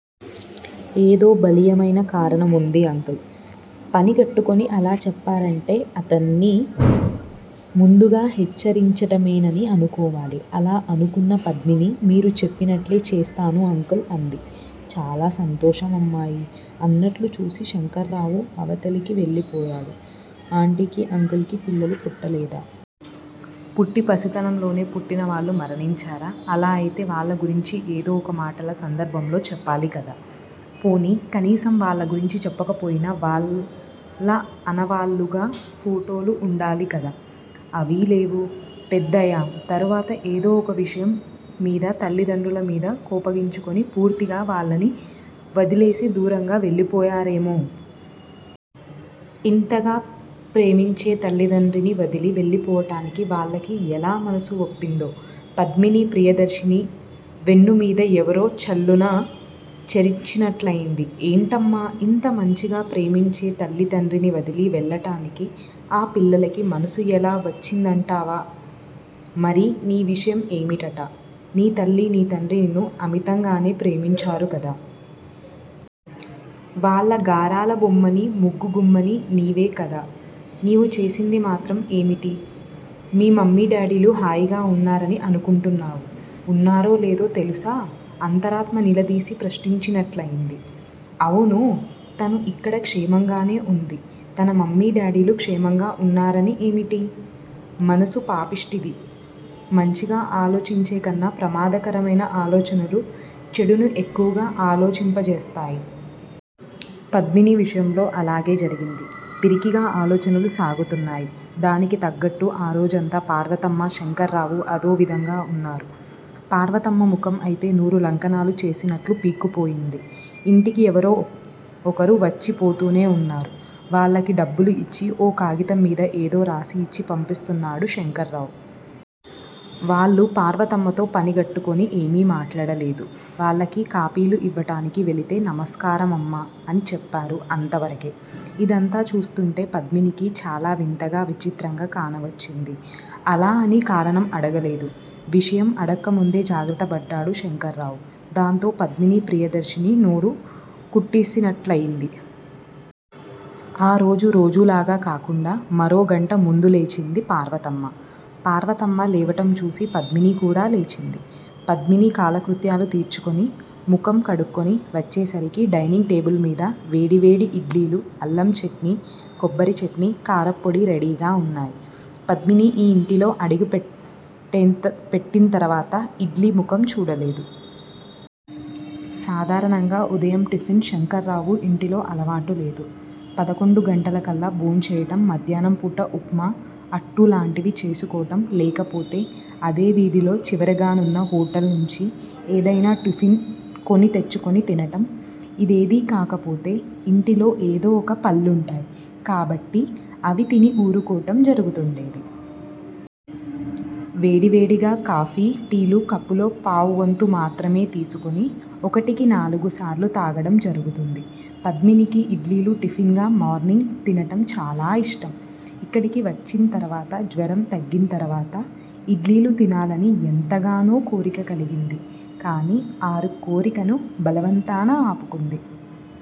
ఏదో బలీయమైన కారణం వుంది. అంకుల్ పనిగట్టుకుని అలా చెప్పారంటే అతన్ని ముందుగా హెచ్చరించటమేనని అనుకోవాలి. అలా అనుకున్న పద్మిని మీరు చెప్పినట్లే చేస్తాను అంకుల్ అంది. చాలా సంతోషం అమ్మాయీ! అన్నట్లు చూసి శంకర్రావు అవతలికి వెళ్ళిపోయాడు. ఆంటీకి, అంకుల్ కి పిల్లలు పుట్టలేదా! పుట్టి పసితనంలోనే పుట్టినవాళ్ళు మరణించారా! అలా అయితే వాళ్ళ గురించి ఏదో ఒక మాటల సందర్భంలో చెప్పాలికదా! పోనీ కనీసం వాళ్ళ గురించి చెప్పకపోయినా వాళ్ళ ఆనవాళ్ళుగా ఫోటోలు వుండాలికదా! అవీలేవు. పెద్దయిం తరువాత ఏదో ఒక విషయం మీద తల్లిదండ్రులమీద కోపగించుకుని పూర్తిగా వాళ్ళని వదిలేసి దూరంగా వెళ్ళిపోయారేమో? ఇంతగా ప్రేమించే తల్లితండ్రిని వదలి వెళ్ళిపోవటానికి వాళ్ళకి ఎలా మనసు వప్పిందో? పద్మిని ప్రియదర్శిని వెన్నుమీద యెవరో చెళ్ళున చరిచినట్లయింది. ఏంటమ్మా! ఇంత మంచిగా ప్రేమించే తల్లి తండ్రిని వదిలి వెళ్ళటానికి ఆ పిల్లలకి మనసు యెలా వచ్చిందంటావా? మరి నీ విషయం ఏమిటిట? నీ తల్లి నీ తండ్రి నిన్ను అమితంగానే ప్రేమించారుకదా! వాళ్ళ గారాల బొమ్మని ముగ్గు గుమ్మవి నీవేకదా! నీవు చేసింది మాత్రం ఏమిటి? మీ మమ్మీ డాడీలు హాయిగా వున్నారని అనుకుంటున్నావు? వున్నారో లేదో తెలుసా? అంతరాత్మ నిలదీసి ప్రశ్నించినట్లయింది. అవును! తను ఇక్కడ క్షేమంగానే వుంది. తన మమ్మీ_డాడీలు క్షేమంగా వున్నారని ఏమిటి? మనసు పాపిష్టిది మంచిగా ఆలోచించేకన్నా ప్రమాదకరమైన ఆలోచనలు చెడుని ఎక్కువగా ఆలోచింపజేస్తాయి. పద్మిని విషయంలో అలాగే జరిగింది. పిరికిగా ఆలోచనలు సాగుతున్నాయి. దానికి తగ్గట్టు ఆరోజంతా పార్వతమ్మ శంకర్రావు అదోవిధంగా వున్నారు. పార్వతమ్మ ముఖం అయితే నూరు లంకణాలు చేసినట్లు పీక్కుపోయివుంది. యింటికి ఎవరో ఒకరువచ్చిపోతూనే వున్నారు. వాళ్ళకి డబ్బులు యిచ్చి ఓ కాగితంమీద ఏదో రాసిఇచ్చి పంపిస్తున్నాడు శంకర్రావు. వాళ్ళు పార్వతమ్మతో పనిగట్టుకుని ఏమీ మాట్లాడలేదు. వాళ్ళకి కాఫీలు యివ్వటానికి వెళితే నమస్కారమమ్మా! అని చెప్పారు అంతవరకే. ఇదంతా చూస్తుంటే పద్మినికి చాలా వింతగా విచిత్రంగా కానవచ్చింది. అలా అని కారణం అడగలేదు. విషయం అడక్కముందే జాగ్రత్తపడ్డాడు శంకరరావు. దాంతో __ పద్మిని ప్రియదర్శిని నోరు కుట్టేసినట్లయింది. ఆ రోజు_ రోజూలాగ కాకుండా మరో గంట ముందులేచింది పార్వతమ్మ. పార్వతమ్మ లేవటంచూసి పద్మిని కూడా లేచింది. పద్మిని కాలకృత్యాలు తీర్చుకుని ముఖం కడుక్కుని వచ్చేసరికి డైనింగ్ టేబుల్ మీద వేడి వేడి ఇడ్లీలు అల్లం చట్నీ కొబ్బరిచట్నీ కారప్పొడి రెడీగా వున్నాయి. పద్మిని ఈ ఇంటిలో అడుగు పెట్టింతర్వాత ఇడ్లీ ముఖం చూడలేదు. సాధారణంగా ఉదయం టిఫిన్ శంకర్రావు ఇంటిలో అలవాటులేదు. పదకొండు గంటలకల్లా భోంచేయటం మధ్యాహ్నంపూట ఉప్మా, అట్టు లాంటివి చేసుకోటం లేకపోతే అదే వీధిలో చివరగానున్న హోటల్ నుంచి ఏదయినా టిఫిన్ కొని తెచ్చుకొని తినటం. ఇదేదీ కాకపోతే ఇంటిలో ఏదో ఒక పళ్ళుంటాయి కాబట్టి అవి తిని ఊరుకోటం జరుగుతుండేది. వేడి వేడిగా కాఫీ, టీ లు కప్పులో పావువంతు మాత్రమే తీసుకొని ఒకటికి నాలుగుసార్లు తాగడం జరుగుతుంది. పద్మినికి ఇడ్లీలు టిఫిన్ గా మార్నింగ్ తినటం చాలా యిష్టం. ఇక్కడికి వచ్చింతర్వాత, జ్వరం తగ్గింతర్వాత ఇడ్లీలు తినాలని ఎంతగానో కోరిక కలిగింది కాని ఆ కోరికని బలవంతాన ఆపుకుంది.